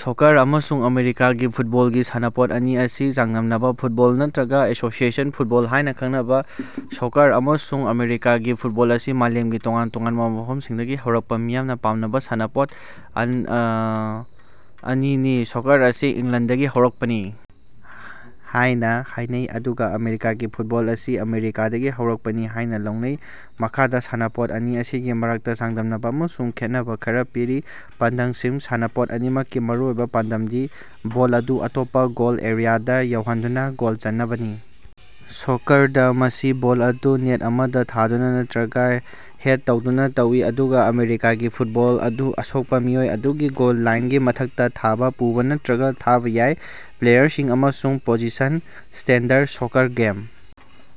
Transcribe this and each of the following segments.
Soccer ꯑꯃꯁꯨꯡ ꯑꯃꯦꯔꯤꯀꯥꯒꯤ ꯐꯨꯠꯕꯣꯜꯒꯤ ꯁꯥꯟꯅꯄꯣꯠ ꯑꯅꯤ ꯑꯁꯤ ꯆꯥꯡꯗꯝꯅꯕ ꯫ ꯐꯨꯠꯕꯣꯜ ꯅꯠꯇꯔꯒ ꯑꯦꯁꯣꯁꯤꯑꯦꯁꯟ ꯐꯨꯠꯕꯣꯜ ꯍꯥꯏꯅ ꯈꯪꯅꯕ ꯁꯣꯀ꯭ꯔ ꯑꯃꯁꯨꯡ ꯑꯃꯦꯔꯤꯀꯥꯒꯤ ꯐꯨꯠꯕꯣꯜ ꯑꯁꯤ ꯃꯥꯂꯦꯝꯒꯤ ꯇꯣꯉꯥꯟ ꯇꯣꯉꯥꯟꯕ ꯃꯐꯝꯁꯤꯡꯗꯒꯤ ꯍꯧꯔꯛꯄ ꯃꯤꯌꯥꯝꯅ ꯄꯥꯝꯅꯕ ꯁꯥꯟꯅꯄꯣꯠ ꯑꯅꯤꯅꯤ꯫ ꯁꯣꯀ꯭ꯔ ꯑꯁꯤ ꯏꯪꯂꯦꯟꯗꯒꯤ ꯍꯧꯔꯛꯄꯅꯤ ꯍꯥꯏꯅ ꯍꯥꯏꯅꯩ, ꯑꯗꯨꯒ ꯑꯃꯦꯔꯤꯀꯥꯒꯤ ꯐꯨꯠꯕꯣꯜ ꯑꯁꯤ ꯑꯃꯦꯔꯤꯀꯥꯗꯒꯤ ꯍꯧꯔꯛꯄꯅꯤ ꯍꯥꯏꯅ ꯂꯧꯅꯩ꯫ ꯃꯈꯥꯗꯥ ꯁꯥꯟꯅꯄꯣꯠ ꯑꯅꯤ ꯑꯁꯤꯒꯤ ꯃꯔꯛꯇ ꯆꯥꯡꯗꯝꯅꯕ ꯑꯃꯁꯨꯡ ꯈꯦꯠꯅꯕ ꯈꯔ ꯄꯤꯔꯤ: ꯄꯥꯟꯗꯝꯁꯤꯡ: ꯁꯥꯟꯅꯄꯣꯠ ꯑꯅꯤꯃꯛꯀꯤ ꯃꯔꯨꯑꯣꯏꯕ ꯄꯥꯟꯗꯝꯗꯤ ꯕꯣꯜ ꯑꯗꯨ ꯑꯇꯣꯞꯄ ꯒꯣꯜ ꯑꯦꯔꯤꯌꯥꯗ ꯌꯧꯍꯟꯗꯨꯅ ꯒꯣꯜ ꯆꯟꯅꯕꯅꯤ꯫ ꯁꯣꯀ꯭ꯔꯗ, ꯃꯁꯤ ꯕꯣꯜ ꯑꯗꯨ ꯅꯦꯠ ꯑꯃꯗ ꯊꯥꯗꯨꯅ ꯅꯠꯇꯔꯒ ꯍꯦꯗ ꯇꯧꯗꯨꯅ ꯇꯧꯏ; ꯑꯗꯨꯒ ꯑꯃꯦꯔꯤꯀꯥꯒꯤ ꯐꯨꯠꯕꯣꯜꯗ ꯕꯣꯜ ꯑꯗꯨ ꯑꯁꯣꯛꯄ ꯃꯤꯑꯣꯏ ꯑꯗꯨꯒꯤ ꯒꯣꯜ ꯂꯥꯏꯟꯒꯤ ꯃꯊꯛꯇ ꯊꯥꯕ, ꯄꯨꯕ ꯅꯠꯇꯔꯒ ꯊꯥꯕ ꯌꯥꯏ꯫ ꯄ꯭ꯂꯦꯌꯔꯁꯤꯡ ꯑꯃꯁꯨꯡ ꯄꯣꯖꯤꯁꯟ: ꯁ꯭ꯇꯦꯟꯗꯔꯗ ꯁꯣꯀ꯭ꯔ ꯒꯦꯝ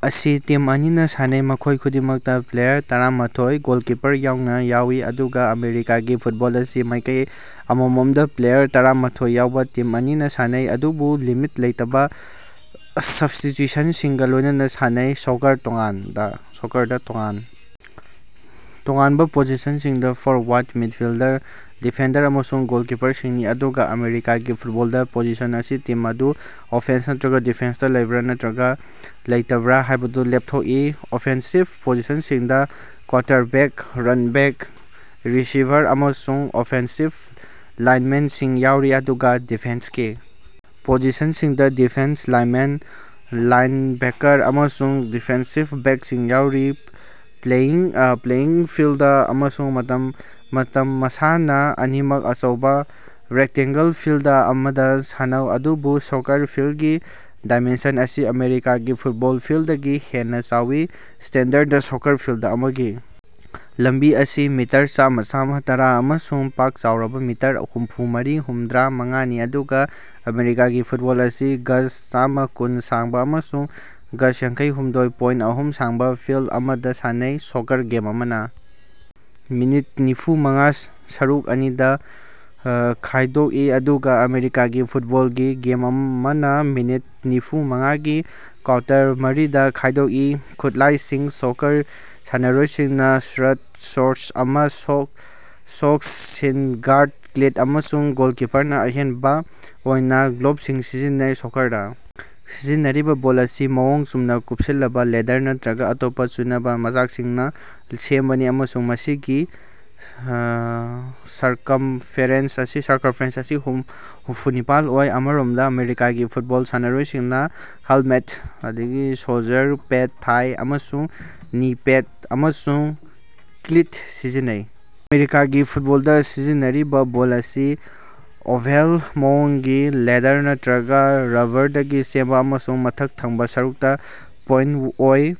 ꯑꯁꯤ ꯇꯤꯝ ꯑꯅꯤꯅ ꯁꯥꯟꯅꯩ, ꯃꯈꯣꯏ ꯈꯨꯗꯤꯡꯃꯛꯇ ꯄ꯭ꯂꯦꯌꯥꯔ ꯇꯔꯥ ꯃꯥꯊꯣꯏ (ꯒꯣꯂꯀꯤꯄ꯭ꯔ ꯌꯥꯎꯅ) ꯌꯥꯎꯏ, ꯑꯗꯨꯒ ꯑꯃꯦꯔꯤꯀꯥꯒꯤ ꯐꯨꯠꯕꯣꯜ ꯑꯁꯤ ꯃꯥꯏꯀꯩ ꯑꯃꯃꯝꯗ ꯄ꯭ꯂꯦꯌꯥꯔ ꯇꯔꯥ ꯃꯥꯊꯣꯏ ꯌꯥꯎꯕ ꯇꯤꯝ ꯑꯅꯤꯅ ꯁꯥꯟꯅꯩ, ꯑꯗꯨꯕꯨ ꯂꯤꯃꯤꯠ ꯂꯩꯇꯕ ꯁꯕ꯭ꯁ꯭ꯇꯤꯇ꯭ꯌꯨꯁꯟꯁꯤꯡꯒ ꯂꯣꯏꯅꯅ ꯁꯥꯟꯅꯩ꯫ ꯁꯣꯀ꯭ꯔꯗ ꯇꯣꯉꯥꯟ ꯇꯣꯉꯥꯟꯕ ꯄꯣꯖꯤꯁꯟꯁꯤꯡꯗꯤ- ꯐ꯭ꯣꯔꯋꯥꯔꯗ, ꯃꯤꯗꯐꯤꯜꯗꯔ, ꯗꯤꯐꯦꯟꯗꯔ ꯑꯃꯁꯨꯡ ꯒꯣꯜꯀꯤꯄꯔꯁꯤꯡꯅꯤ, ꯑꯗꯨꯒ ꯑꯃꯦꯔꯤꯀꯒꯤ ꯐꯨꯠꯕꯣꯜꯗ ꯄꯣꯖꯤꯁꯟ ꯑꯁꯤ ꯇꯤꯝ ꯑꯗꯨ ꯑꯣꯐꯦꯟꯁ ꯅꯠꯇꯔꯒ ꯗꯤꯐꯦꯟꯁꯇ ꯂꯩꯕꯔ ꯅꯠꯇꯔꯒ ꯂꯩꯇꯕꯔ ꯍꯥꯏꯕꯗꯨ ꯂꯦꯞꯊꯣꯛꯏ꯫ ꯑꯣꯐꯦꯟꯁꯤꯚ ꯄꯣꯖꯤꯁꯟꯁꯤꯡꯗ ꯀ꯭ꯋꯥꯇꯔꯕꯦꯛ, ꯔꯟꯕꯦꯛ, ꯔꯤꯁꯤꯚꯥꯔ ꯑꯃꯁꯨꯡ ꯑꯣꯐꯦꯟꯁꯤꯚ ꯂꯥꯏꯟꯃꯦꯟꯁꯤꯡ ꯌꯥꯎꯔꯤ, ꯑꯗꯨꯒ ꯗꯤꯐꯦꯟꯁꯀꯤ ꯄꯣꯖꯤꯁꯟꯁꯤꯡꯗ ꯗꯤꯐꯦꯟꯁ ꯂꯥꯏꯟꯃꯦꯟ, ꯂꯥꯏꯟꯕꯦꯀꯔ ꯑꯃꯁꯨꯡ ꯗꯤꯐꯦꯟꯁꯤꯚ ꯕꯦꯛꯁꯤꯡ ꯌꯥꯎꯔꯤ꯫ ꯄ꯭ꯂꯦꯌꯤꯡ ꯐꯤꯜꯗ ꯑꯃꯁꯨꯡ ꯃꯇꯝ: ꯃꯁꯥꯅ ꯑꯅꯤꯃꯛ ꯑꯆꯧꯕ ꯔꯦꯛꯇꯡꯒꯜ ꯐꯤꯜꯗ ꯑꯃꯗ ꯁꯥꯟꯅꯩ, ꯑꯗꯨꯕꯨ ꯁꯣꯀ꯭ꯔ ꯐꯤꯜꯒꯤ ꯗꯥꯏꯃꯦꯟꯁꯟ ꯑꯁꯤ ꯑꯃꯦꯔꯤꯀꯥꯒꯤ ꯐꯨꯠꯕꯣꯜ ꯐꯤꯜꯗꯗꯒꯤ ꯍꯦꯟꯅ ꯆꯥꯎꯏ꯫ ꯁ꯭ꯇꯦꯟꯗꯔꯗ ꯁꯣꯀ꯭ꯔ ꯐꯤꯜꯗ ꯑꯃꯒꯤ ꯂꯝꯕꯤ ꯑꯁꯤ ꯃꯤꯇꯔ ꯆꯥꯝꯃ- ꯆꯥꯝꯃ ꯇꯔꯥ ꯑꯃꯁꯨꯡ ꯄꯥꯛ ꯆꯥꯎꯕꯥ ꯃꯤꯇꯔ ꯍꯨꯝꯐꯨ ꯃꯥꯔꯤ-ꯍꯨꯝꯗꯔꯥ ꯃꯉꯥꯅꯤ, ꯑꯗꯨꯒꯥ ꯑꯃꯦꯔꯤꯀꯥꯒꯤ ꯐꯨꯠꯕꯣꯜ ꯑꯁꯤ ꯒꯖ ꯆꯥꯝꯃ ꯀꯨꯟ ꯁꯥꯡꯕꯥ ꯑꯃꯁꯨꯡ ꯒꯖ ꯌꯥꯡꯈꯩꯍꯨꯝꯗꯣꯏ ꯄꯣꯏꯟ ꯑꯍꯨꯝ ꯁꯥꯡꯕ ꯐꯤꯜꯗ ꯑꯃꯗ ꯁꯥꯟꯅꯩ꯫ ꯁꯣꯀ꯭ꯔ ꯒꯦꯝ ꯑꯃꯅ ꯃꯤꯅꯤꯠ ꯅꯤꯐꯨ ꯃꯉꯥ ꯁꯔꯨꯛ ꯑꯅꯤꯗ ꯈꯥꯏꯗꯣꯛꯏ ꯑꯗꯨꯒ ꯑꯃꯦꯔꯤꯀꯥꯒꯤ ꯐꯨꯠꯕꯣꯜꯒꯤ ꯒꯦꯝ ꯑꯃꯅ ꯃꯤꯅꯤꯠ ꯅꯤꯐꯨ ꯃꯉꯥꯒꯤ ꯀ꯭ꯋꯥꯔꯇꯔ ꯃꯔꯤꯗ ꯈꯥꯏꯗꯣꯛꯏ꯫ ꯈꯨꯠꯂꯥꯏꯁꯤꯡ: ꯁꯣꯀ꯭ꯔ ꯁꯥꯟꯅꯔꯣꯏꯁꯤꯡꯅ ꯁ꯭ꯔꯠ, ꯁ꯭ꯣꯔꯠꯁ ꯑꯃ, ꯁꯣꯛꯁ, ꯁꯤꯟ ꯒꯥꯔꯗ, ꯀ꯭ꯂꯤꯠ ꯑꯃꯁꯨꯡ ꯒꯣꯜꯀꯤꯄ꯭ꯔꯅ ꯑꯍꯦꯟꯕ ꯑꯣꯏꯅ ꯒ꯭ꯂꯣꯕꯁꯤꯡ ꯁꯤꯖꯤꯟꯅꯩ꯫ ꯁꯣꯀ꯭ꯔꯗ ꯁꯤꯖꯤꯟꯅꯔꯤꯕ ꯕꯣꯜ ꯑꯁꯤ ꯃꯑꯣꯡ ꯆꯨꯝꯅ ꯀꯨꯞꯁꯤꯜꯂꯕ, ꯂꯦꯗꯔ ꯅꯠꯇꯔꯒ ꯑꯇꯣꯞꯄ ꯆꯨꯅꯕ ꯃꯆꯥꯛꯁꯤꯡꯅ ꯁꯦꯝꯕꯅꯤ ꯑꯃꯁꯨꯡ ꯃꯁꯤꯒꯤ ꯁ꯭ꯔꯀꯝꯐꯦꯔꯦꯟꯁ ꯑꯁꯤ ꯍꯨꯝꯐꯨ ꯅꯤꯄꯥꯜ ꯑꯣꯏ꯫ ꯑꯃꯔꯣꯝꯗ ꯑꯃꯦꯔꯤꯀꯥꯒꯤ ꯐꯨꯠꯕꯣꯜ ꯁꯥꯟꯅꯔꯣꯏꯁꯤꯡꯅ ꯍꯦꯜꯃꯦꯠ, ꯁꯣꯜꯖ꯭ꯔ ꯄꯦꯗ, ꯊꯥꯏ ꯑꯃꯁꯨꯡ ꯅꯤ ꯄꯦꯗ, ꯑꯃꯁꯨꯡ ꯀ꯭ꯂꯤꯠ ꯁꯤꯖꯤꯟꯅꯩ꯫ ꯑꯃꯦꯔꯤꯀꯥꯒꯤ ꯐꯨꯠꯕꯣꯜꯗ ꯁꯤꯖꯤꯟꯅꯔꯤꯕ ꯕꯣꯜ ꯑꯁꯤ ꯑꯣꯚꯜ ꯃꯑꯣꯡꯒꯤ, ꯂꯦꯗ꯭ꯔ ꯅꯠꯇꯔꯒ ꯔ꯭ꯕꯕ꯭ꯔꯗꯒꯤ ꯁꯦꯝꯕ ꯑꯃꯁꯨꯡ ꯃꯊꯛ ꯊꯪꯕꯥ ꯁꯔꯨꯛꯇ ꯄꯣꯏꯟꯠ ꯑꯣꯏ꯫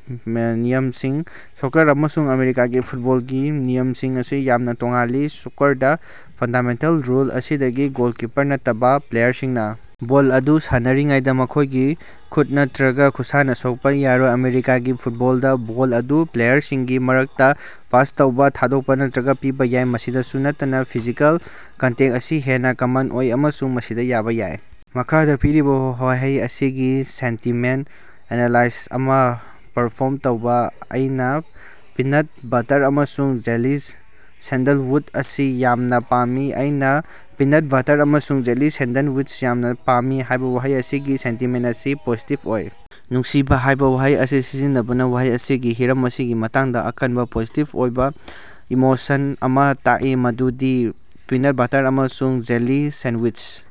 ꯅꯤꯌꯝꯁꯤꯡ: ꯁꯣꯀ꯭ꯔ ꯑꯃꯁꯨꯡ ꯑꯃꯦꯔꯤꯀꯥꯒꯤ ꯐꯨꯠꯕꯣꯜꯒꯤ ꯅꯤꯌꯝꯁꯤꯡ ꯑꯁꯤ ꯌꯥꯝꯅ ꯇꯣꯉꯥꯜꯂꯤ꯫ ꯁꯣꯀ꯭ꯔꯗ, ꯐꯟꯗꯥꯃꯦꯟꯇꯦꯜ ꯔꯨꯜ ꯑꯁꯤꯗꯤ ꯒꯣꯜꯀꯤꯄꯔ ꯅꯠꯇꯕ ꯄ꯭ꯂꯦꯌꯔꯁꯤꯡꯅ ꯕꯣꯜ ꯑꯗꯨ ꯁꯥꯟꯅꯔꯤꯉꯩꯗ ꯃꯈꯣꯏꯒꯤ ꯈꯨꯠ ꯅꯠꯇꯔꯒ ꯈꯨꯠꯁꯥꯅ ꯁꯣꯛꯄ ꯌꯥꯔꯣꯏ꯫ ꯑꯃꯦꯔꯤꯀꯥꯒꯤ ꯐꯨꯠꯕꯣꯜꯗ ꯕꯣꯜ ꯑꯗꯨ ꯄ꯭ꯂꯦꯌ꯭ꯔꯁꯤꯡꯒꯤ ꯃꯔꯛꯇ ꯄꯥꯁ ꯇꯧꯕ, ꯊꯥꯗꯣꯛꯄ ꯅꯠꯇꯔꯒ ꯄꯤꯕꯥ ꯌꯥꯏ꯫ ꯃꯁꯤꯗꯁꯨ ꯅꯠꯇꯅ, ꯐꯤꯖꯤꯀꯦꯜ ꯀꯟꯇꯦꯛ ꯑꯁꯤ ꯍꯦꯟꯅ ꯀꯃꯟ ꯑꯣꯏ ꯑꯃꯁꯨꯡ ꯃꯁꯤꯗ ꯌꯥꯕ ꯌꯥꯏ꯫ ꯃꯈꯥꯗ ꯄꯤꯔꯤꯕ ꯋꯥꯍꯩ ꯑꯁꯤꯒꯤ ꯁꯦꯟꯇꯤꯃꯦꯟꯠ ꯑꯦꯅꯥꯂꯥꯏꯁꯤꯁ ꯑꯃ ꯄ꯭ꯔꯐ꯭ꯣꯔꯝ ꯇꯧꯕ꯫ ꯑꯩꯅ ꯄꯤꯅꯠ ꯕꯠꯇ꯭ꯔ ꯑꯃꯁꯨꯡ ꯖꯦꯂꯤ ꯁꯦꯟꯗꯂꯋꯨꯗ ꯑꯁꯤ ꯌꯥꯝꯅ ꯄꯥꯝꯃꯤ꯫ "ꯑꯩꯅꯥ ꯄꯤꯅꯠ ꯕꯠꯇ꯭ꯔ ꯑꯃꯁꯨꯡ ꯖꯦꯂꯤ ꯁꯦꯟꯋꯤꯆ ꯌꯥꯝꯅ ꯄꯥꯝꯃꯤ" ꯍꯥꯏꯕ ꯋꯥꯍꯩ ꯑꯁꯤꯒꯤ ꯁꯦꯟꯇꯤꯃꯦꯟꯠ ꯑꯁꯤ ꯄꯣꯖꯤꯇꯤꯕ ꯑꯣꯏ꯫ "ꯅꯨꯡꯁꯤꯕꯥ" ꯍꯥꯏꯕ ꯋꯥꯍꯩ ꯑꯁꯤ ꯁꯤꯖꯤꯟꯅꯕꯅ ꯋꯥꯍꯩ ꯑꯁꯤꯒꯤ ꯍꯤꯔꯝ ꯑꯁꯤꯒꯤ ꯃꯇꯥꯡꯗ ꯑꯀꯟꯕ ꯄꯣꯖꯤꯇꯤꯕ ꯑꯣꯏꯕ ꯏꯃꯣꯁꯟ ꯑꯃ ꯇꯥꯛꯏ, ꯃꯗꯨꯗꯤ ꯄꯤꯅꯥꯠ ꯕꯠꯇꯔ ꯑꯃꯁꯨꯡ ꯖꯦꯂꯤ ꯁꯦꯟꯋꯤꯆ꯫